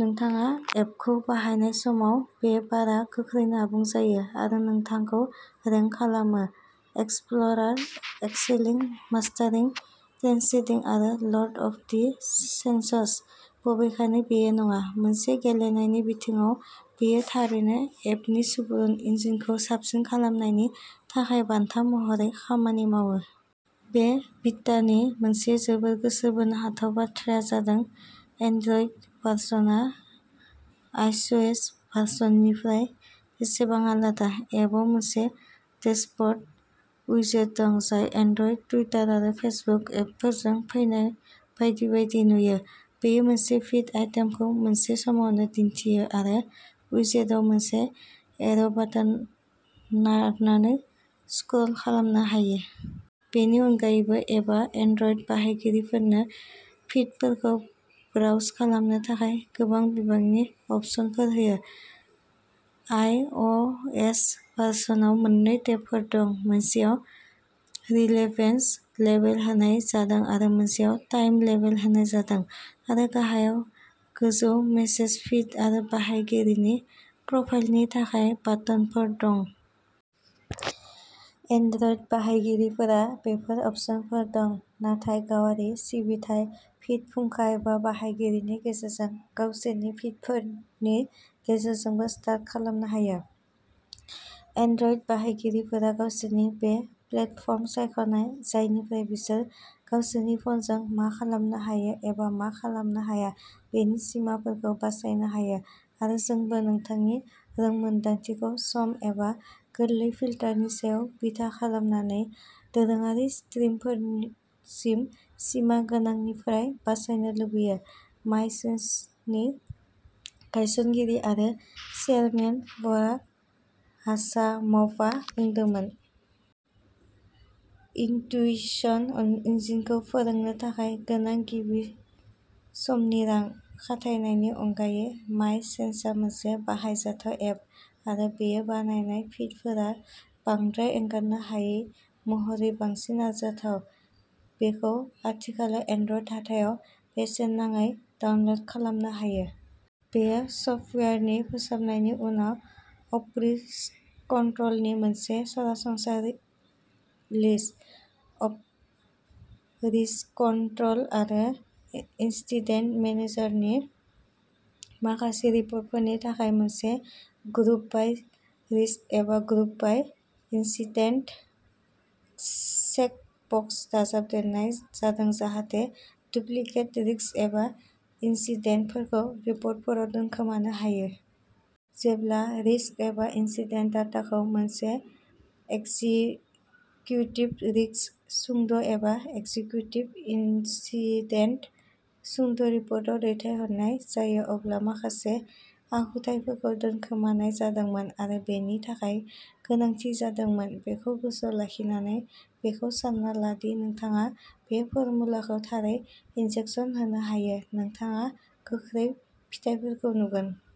नोंथाङा एपखौ बाहायनाय समाव, बे बारआ गोख्रैनो आबुं जायो आरो नोंथांखौ रेंक खालामोः "एक्सप्ल'रार, एक्सेलिं, मास्टारिं, ट्रेन्सेंडिं, आरो लर्ड अफ दि सेन्सस। " बबेखानि बेयो नङा। मोनसे गेलेनायनि बिथिङाव, बेयो थारैनो एपनि सुबुरुन इन्जिनखौ साबसिन खालामनायनि थाखाय बान्था महरै खामानि मावो। बे बिटानि मोनसे जोबोर गोसो बोनो हाथाव बाथ्राया जादों एन्ड्रइड भारसनआ आइस'एस भारसननिफ्राय बेसेबां आलादा। एपआव मोनसे डेशबर्ड उइजेट दं, जाय एन्ड्रइड टुइटार आरो फेसबुक एपफोरजों फैनाय बायदि बायदि नुयो। बेयो मोनसे फिड आइटेमखौ मोनसे समावनो दिन्थियो आरो उइजेटआव मोनसे एर'बाटोन नारनानै स्क्रल खालामनो हायो। बेनि अनगायैबो, एपआ एन्ड्रइड बाहायगिरिफोरनो फिडफोरखौ ब्राउज खालामनो थाखाय गोबां बिबांनि अपसनफोर होयो। आइअ'एस भारसनआव मोननै टेबफोर दं, मोनसेयाव "रिलेभेन्स" लेबेल होनाय जादों आरो मोनसेयाव "टाइम" लेबेल होनाय जादों, आरो गाहायाव गोजौ मेसेज, फिड आरो बाहायगिरिनि प्रफाइलनि थाखाय बाटोनफोर दं। एन्ड्रइड बाहायगिरिफोरा बेफोर अपसनफोर दं, नाथाय गावआरि सिबिथाय, फिड फुंखा एबा बाहायगिरिनि गेजेरजों गावसोरनि फिडफोरनि गेजेरजोंबो सार्ट खालामनो हायो। "एन्ड्रइड बाहायगिरिफोरा गावसोरनि बे प्लेटफर्म सायख'नाय जायनिफ्राय बिसोर गावसोरनि फ'नजों मा खालामनो हायो एबा मा खालामनो हाया बेनि सिमाफोरखौ बासायनो हायो, आरो जोंबो नोंथांनि रोंमोनदांथिखौ सम एबा गोरलै फिल्टारनि सायाव बिथा खालामनानै दोरोङारि स्ट्रिमफोरनिसिम सिमागोनांनिफ्राय बासायनो लुबैयो ", माय सेन्सनि गायसनगिरि आरो चेयारमेन बराक हाचामभआ बुंदोंमोन। इन्टुइशन इन्जिनखौ फोरोंनो थाखाय गोनां गिबि समनि रां खाथायनायनि अनगायै, माय सेन्सआ मोनसे बाहायजाथाव एप, आरो बेयो बानायनाय फिडफोरा बांद्राय एंगारनो हायै महरै बांसिन आरजाथाव। बेखौ आथिखालाव एन्ड्रइड हाथायाव बेसेन नाङै डाउनल'ड खालामनो हायो। बेयो सफ्टवेयारनि फोसाबनायनि उनाव अपरिस्ककन्ट्रलनि मोनसे सरासनस्रा रिलिज। अपरिस्ककन्ट्रल आरो इन्सिडेन्ट मेनेजारनि माखासे रिपर्टफोरनि थाखाय मोनसे ग्रुप बाइ रिस्क एबा group by incident check box दाजाबदेरनाय जादों जाहाथे डुप्लिकेट रिस्क एबा इन्सिडेन्टफोरखौ रिपर्टफोराव दोनखोमानो हायो। जेब्ला रिस्क एबा इन्सिडेन्ट डाटाखौ मोनसे एक्जिक्युटिभ रिस्क सुंद' एबा एक्जिक्युटिभ इन्सिडेन्ट सुंद' रिपर्टआव दैथायहरनाय जायो, अब्ला माखासे आखुथाइफोरखौ दोनखोमानाय जादोंमोन आरो बेनि थाखाय गोनांथि जादोंमोन। बेखौ गोसोआव लाखिनानै, बेखौ सान्ना ला दि नोंथाङा बे फर्मुलाखौ थारै इन्जेकसन होनो हायो, नोंथाङा गोख्रै फिथायफोरखौ नुगोन।